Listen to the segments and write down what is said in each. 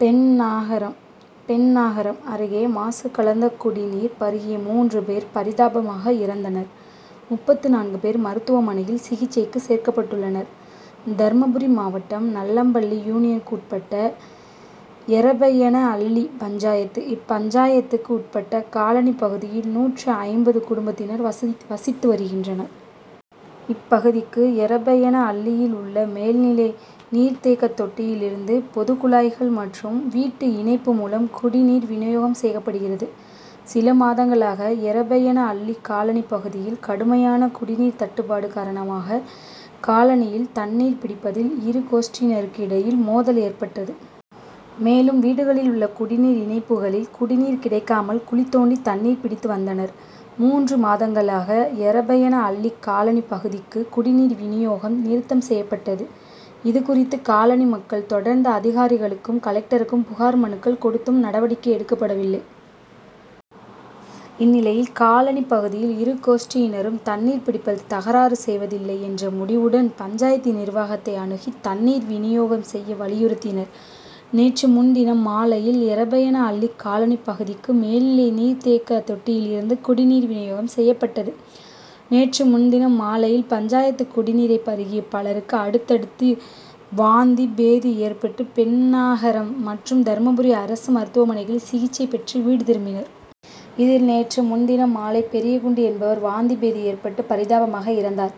பென்னாகரம் பென்னாகரம் அருகே மாசு கலந்த குடிநீர் பருகிய மூன்று பேர் பரிதாபமாக இறந்தனர். முப்பத்து நான்கு பேர் மருத்துவமனையில் சிகிச்சைக்கு சேர்க்கப்பட்டுள்ளனர். தர்மபுரி மாவட்டம் நல்லம்பள்ளி யூனியனுக்கு உட்பட்ட எரபையனஅள்ளி பஞ்சாயத்து. இப்பஞ்சாயத்துக்கு உட்பட்ட காலனி பகுதியில் நூற்று ஐம்பது குடும்பத்தினர் வசிவசித்து வருகின்றனர். இப்பகுதிக்கு எரபையனஅள்ளியில் உள்ள மேல்நிலை நீர் தேக்க தொட்டியில் இருந்து பொது குழாய்கள் மற்றும் வீட்டு இணைப்பு மூலம் குடிநீர் விநியோகம் செய்யப்படுகிறது. சில மாதங்களாக எரபையன அள்ளி காலனி பகுதியில் கடுமையான குடிநீர் தட்டுப்பாடு காரணமாக காலனியில் தண்ணீர் பிடிப்பதில் இரு கோஷ்டியினருக்கு இடையில் மோதல் ஏற்பட்டது. மேலும் வீடுகளில் உள்ள குடிநீர் இணைப்புகளில் குடிநீர் கிடைக்காமல் குழி தோண்டி தண்ணீர் பிடித்து வந்தனர். மூன்று மாதங்களாக எரபையனஅள்ளி காலனி பகுதிக்கு குடிநீர் விநியோகம் நிறுத்தம் செய்யப்பட்டது. இது குறித்து காலனி மக்கள் தொடர்ந்து அதிகாரிகளுக்கும் கலெக்டருக்கும் புகார் மனுக்கள் கொடுத்தும் நடவடிக்கை எடுக்கப்படவில்லை. இந்நிலையில் காலனி பகுதியில் இரு கோஷ்டியினரும் தண்ணீர் பிடிப்பதில் தகராறு செய்வதில்லை என்ற முடிவுடன் பஞ்சாயத்து நிர்வாகத்தை அணுகி தண்ணீர் விநியோகம் செய்ய வலியுறுத்தினர். நேற்று முன்தினம் மாலையில் எரபையனஅள்ளி காலனி பகுதிக்கு மேல்நிலை நீர் தேக்க தொட்டியில் இருந்து குடிநீர் விநியோகம் செய்யப்பட்டது. நேற்று முன்தினம் மாலையில் பஞ்சாயத்து குடிநீரை பருகிய பலருக்கு அடுத்தடுத்து வாந்தி பேதி ஏற்பட்டு பென்னாகரம் மற்றும் தர்மபுரி அரசு மருத்துவமனைகளில் சிகிச்சை பெற்று வீடு திரும்பினர். இதில் நேற்று முன்தினம் மாலை பெரியகுண்டு என்பவர் வாந்தி பேதி ஏற்பட்டு பரிதாபமாக இறந்தார்.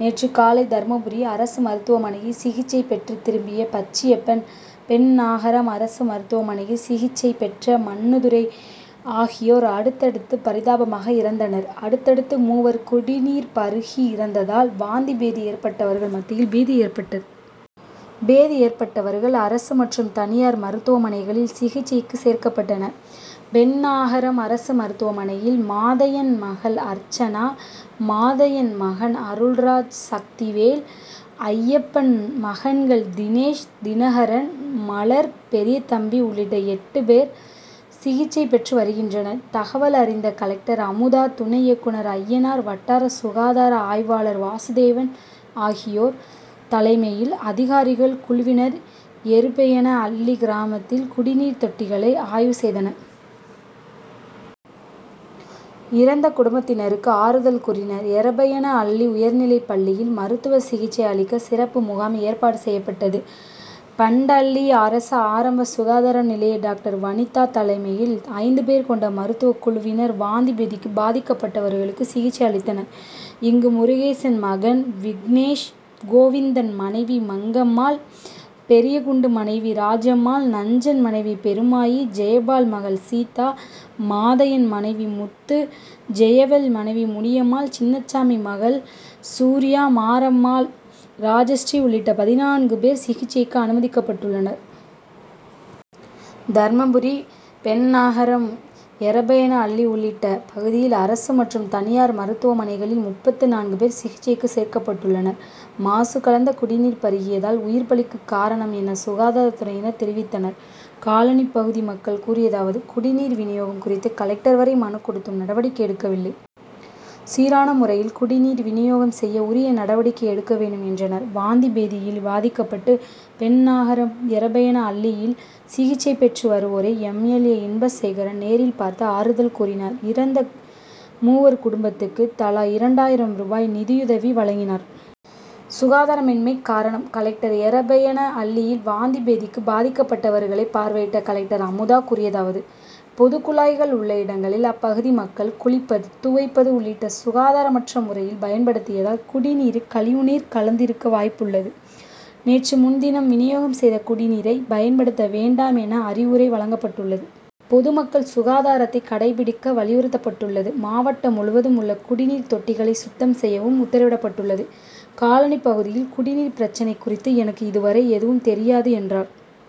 நேற்று காலை தர்மபுரி அரசு மருத்துவமனையில் சிகிச்சை பெற்று திரும்பிய பச்சியப்பன் பென்னாகரம் அரசு மருத்துவமனையில் சிகிச்சை பெற்ற மண்ணுதுரை ஆகியோர் அடுத்தடுத்து பரிதாபமாக இறந்தனர். அடுத்தடுத்து மூவர் குடிநீர் பருகி இறந்ததால் வாந்தி பேதி ஏற்பட்டவர்கள் மத்தியில் பீதி ஏற்பட்டது. பேதி ஏற்பட்டவர்கள் அரசு மற்றும் தனியார் மருத்துவமனைகளில் சிகிச்சைக்கு சேர்க்கப்பட்டனர். பென்னாகரம் அரசு மருத்துவமனையில் மாதையன் மகள் அர்ச்சனா மாதையன் மகன் அருள்ராஜ் சக்திவேல் அய்யப்பன் மகன்கள் தினேஷ் தினகரன் மலர் பெரியதம்பி உள்ளிட்ட எட்டு பேர் சிகிச்சை பெற்று வருகின்றனர். தகவல் அறிந்த கலெக்டர் அமுதா துணை இயக்குனர் அய்யனார் வட்டார சுகாதார ஆய்வாளர் வாசுதேவன் ஆகியோர் தலைமையில் அதிகாரிகள் குழுவினர் எருபையனஅள்ளி கிராமத்தில் குடிநீர் தொட்டிகளை ஆய்வு செய்தனர். இறந்த குடும்பத்தினருக்கு ஆறுதல் கூறினர். எரபையனஅள்ளி உயர்நிலைப்பள்ளியில் மருத்துவ சிகிச்சை அளிக்க சிறப்பு முகாம் ஏற்பாடு செய்யப்பட்டது. பண்டஅள்ளி அரசு ஆரம்ப சுகாதார நிலைய டாக்டர் வனிதா தலைமையில் ஐந்து பேர் கொண்ட மருத்துவ குழுவினர் வாந்தி பேதிக்கு பாதிக்கப்பட்டவர்களுக்கு சிகிச்சை அளித்தனர். இங்கு முருகேசன் மகன் விக்னேஷ் கோவிந்தன் மனைவி மங்கம்மாள் பெரியகுண்டு மனைவி ராஜம்மாள் நஞ்சன் மனைவி பெருமாயி ஜெயபால் மகள் சீதா மாதையன் மனைவி முத்து ஜெயவேல் மனைவி முனியம்மாள் சின்னசாமி மகள் சூர்யா மாரம்மாள் ராஜஸ்ரீ உள்ளிட்ட பதினான்கு பேர் சிகிச்சைக்கு அனுமதிக்கப்பட்டுள்ளனர். தர்மபுரி பென்னாகரம் எரபையனஅள்ளி உள்ளிட்ட பகுதியில் அரசு மற்றும் தனியார் மருத்துவமனைகளில் முப்பத்து நான்கு பேர் சிகிச்சைக்கு சேர்க்கப்பட்டுள்ளனர். மாசு கலந்த குடிநீர் பருகியதால் உயிர் பலிக்கு காரணம் என சுகாதாரத்துறையினர் தெரிவித்தனர். காலனி பகுதி மக்கள் கூறியதாவது குடிநீர் விநியோகம் குறித்து கலெக்டர் வரை மனு கொடுத்தும் நடவடிக்கை எடுக்கவில்லை. சீரான முறையில் குடிநீர் விநியோகம் செய்ய உரிய நடவடிக்கை எடுக்க வேண்டும் என்றனர். வாந்தி பேதியில் பாதிக்கப்பட்டு பென்னாகரம் எரபையனஅள்ளியில் சிகிச்சை பெற்று வருவோரை எம். எல். ஏ. இன்பசேகரன் நேரில் பார்த்து ஆறுதல் கூறினார். இறந்த மூவர் குடும்பத்துக்கு தலா இரண்டாயிரம் ரூபாய் நிதியுதவி வழங்கினார். சுகாதாரமின்மை காரணம் கலெக்டர் எரபையனஅள்ளியில் வாந்தி பேதிக்கு பாதிக்கப்பட்டவர்களை பார்வையிட்ட கலெக்டர் அமுதா கூறியதாவது பொதுக்குழாய்கள் உள்ள இடங்களில் அப்பகுதி மக்கள் குளிப்பது துவைப்பது உள்ளிட்ட சுகாதாரமற்ற முறையில் பயன்படுத்தியதால் குடிநீரில் கழிவு நீர் கலந்து இருக்க வாய்ப்புள்ளது. நேற்று முன்தினம் விநியோகம் செய்த குடிநீரை பயன்படுத்த வேண்டாம் என அறிவுரை வழங்கப்பட்டுள்ளது. பொதுமக்கள் சுகாதாரத்தை கடைப்பிடிக்க வலியுறுத்தப்பட்டுள்ளது. மாவட்டம் முழுவதும் உள்ள குடிநீர் தொட்டிகளை சுத்தம் செய்யவும் உத்தரவிடப்பட்டுள்ளது. காலனி பகுதியில் குடிநீர் பிரச்னை குறித்து எனக்கு இது வரை எதுவும் தெரியாது என்றார்.